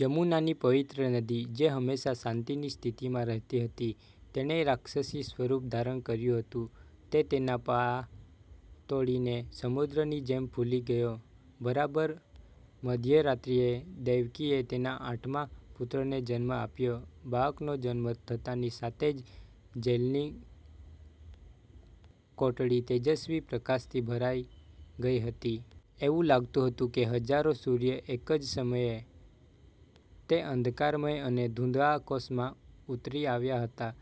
યમુનાની પવિત્ર નદી, જે હંમેશા શાંતિની સ્થિતિમાં રહેતી હતી, તેણે રાક્ષસી સ્વરૂપ ધારણ કર્યું હતું. તે તેના પાળા તોડીને સમુદ્રની જેમ ફૂલી ગયો. બરાબર મધ્યરાત્રિએ, દેવકીએ તેના આઠમા પુત્રને જન્મ આપ્યો. બાળકનો જન્મ થતાંની સાથે જ જેલની કોટડી તેજસ્વી પ્રકાશથી ભરાઈ ગઈ હતી. એવું લાગતું હતું કે હજારો સૂર્ય એક જ સમયે, તે અંધકારમય અને ધૂંધળા કોષમાં ઉતરી આવ્યા હતા.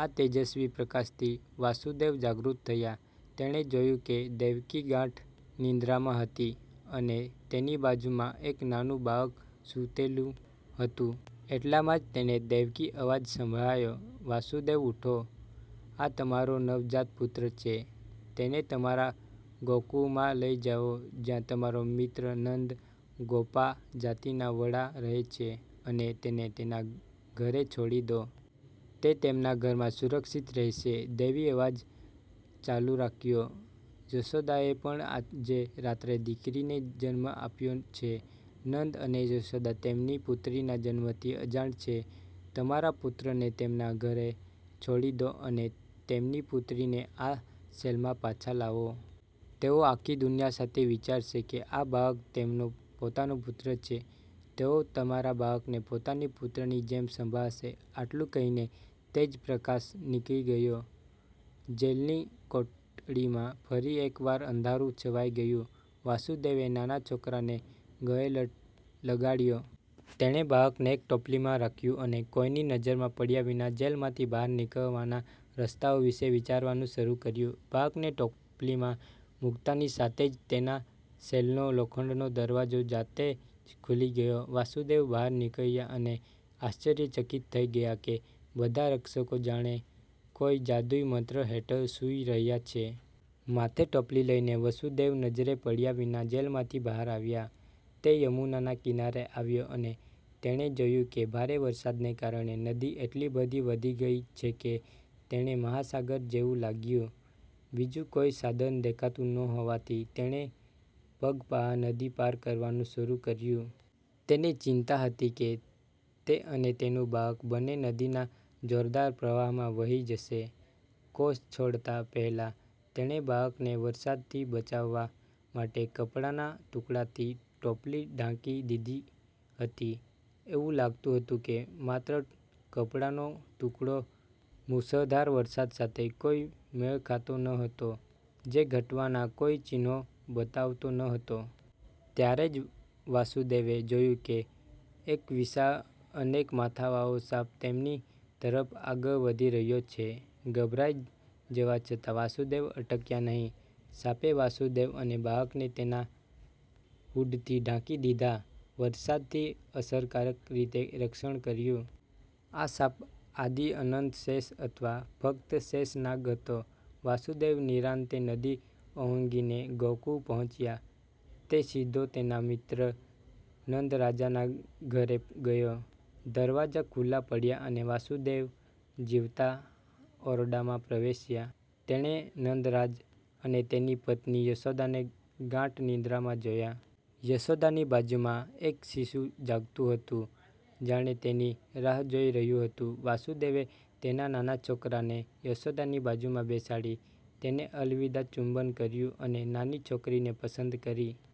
આ તેજસ્વી પ્રકાશથી વાસુદેવ જાગૃત થયા. તેણે જોયું કે દેવકી ગાઢ નિંદ્રામાં હતી અને તેની બાજુમાં એક નાનું બાળક સૂતેલું હતું. એટલામાં જ તેને દૈવી અવાજ સંભળાયો, વાસુદેવ, ઉઠો. આ તમારો નવજાત પુત્ર છે. તેને તમારા ગોકુળમાં લઈ જાઓ જ્યાં તમારો મિત્ર નંદ, ગોપા જાતિના વડા રહે છે, અને તેને તેના ઘરે છોડી દો. તે તેમના ઘરમાં સુરક્ષિત રહેશે. દૈવી અવાજ ચાલુ રાખ્યો, યશોદાએ પણ આજે રાત્રે દીકરીને જન્મ આપ્યો છે. નંદ અને યશોદા તેમની પુત્રીના જન્મથી અજાણ છે. તમારા પુત્રને તેમના ઘરે છોડી દો અને તેમની પુત્રીને આ સેલમાં પાછા લાવો. તેઓ આખી દુનિયા સાથે વિચારશે કે આ બાળક તેમનો પોતાનો પુત્ર છે. તેઓ તમારા બાળકને પોતાના પુત્રની જેમ સંભાળશે. આટલું કહીને તેજ પ્રકાશ નીકળી ગયો. જેલની કોટડીમાં ફરી એકવાર અંધારું છવાઈ ગયું. વાસુદેવે નાના છોકરાને ગળે લગાડ્યો. તેણે બાળકને એક ટોપલીમાં રાખ્યું અને કોઈની નજરમાં પડ્યા વિના જેલમાંથી બહાર નીકળવાના રસ્તાઓ વિશે વિચારવાનું શરૂ કર્યું. બાળકને ટોપલીમાં મૂકતાની સાથે જ તેના સેલનો લોખંડનો દરવાજો જાતે જ ખુલી ગયો. વાસુદેવ બહાર નીકળ્યા અને આશ્ચર્યચકિત થઈ ગયા કે બધા રક્ષકો જાણે કોઈ જાદુઈ મંત્ર હેઠળ સૂઈ રહ્યા છે. માથે ટોપલી લઈને વસુદેવ નજરે પડ્યા વિના જેલમાંથી બહાર આવ્યા. તે યમુનાના કિનારે આવ્યો અને તેણે જોયું કે ભારે વરસાદને કારણે નદી એટલી બધી વધી ગઈ છે કે તેને મહાસાગર જેવું લાગ્યું. બીજું કોઈ સાધન દેખાતું ન હોવાથી તેણે પગપાળા નદી પાર કરવાનું શરૂ કર્યું. તેને ચિંતા હતી કે તે અને તેનું બાળક બંને નદીના જોરદાર પ્રવાહમાં વહી જશે. કોષ છોડતા પહેલા તેણે બાળકને વરસાદથી બચાવવા માટે કપડાના ટુકડાથી ટોપલી ઢાંકી દીધી હતી. એવું લાગતું હતું કે માત્ર કાપડનો ટુકડો મુશળધાર વરસાદ સાથે કોઈ મેળ ખાતો ન હતો જે ઘટવાના કોઈ ચિહ્નો બતાવતો ન હતો. ત્યારે જ, વાસુદેવે જોયું કે એક વિશાળ, અનેક માથાવાળો સાપ તેમની તરફ આગળ વધી રહ્યો છે. ગભરાઈ જવા છતાં વાસુદેવ અટક્યા નહિ. સાપે વાસુદેવ અને બાળકને તેના હૂડથી ઢાંકી દીધા, વરસાદથી અસરકારક રીતે રક્ષણ કર્યું. આ સાપ આદિ-અનંત શેષ અથવા ફક્ત શેષ નાગ હતો.. વાસુદેવ નિરાંતે નદી ઓળંગીને ગોકુળ પહોંચ્યા. તે સીધો તેના મિત્ર નંદરાજના ઘરે ગયો. દરવાજા ખુલ્લા પડ્યા અને વાસુદેવ જીવતા ઓરડામાં પ્રવેશ્યા. તેણે નંદરાજ અને તેની પત્ની યશોદાને ગાઢ નિંદ્રામાં જોયા. યશોદાની બાજુમાં એક શિશુ જાગતું હતું, જાણે તેની રાહ જોઈ રહ્યું હતું. વાસુદેવે તેના નાના છોકરાને યશોદાની બાજુમાં બેસાડી, તેને અલવિદા ચુંબન કર્યું અને નાની છોકરીને પસંદ કરી.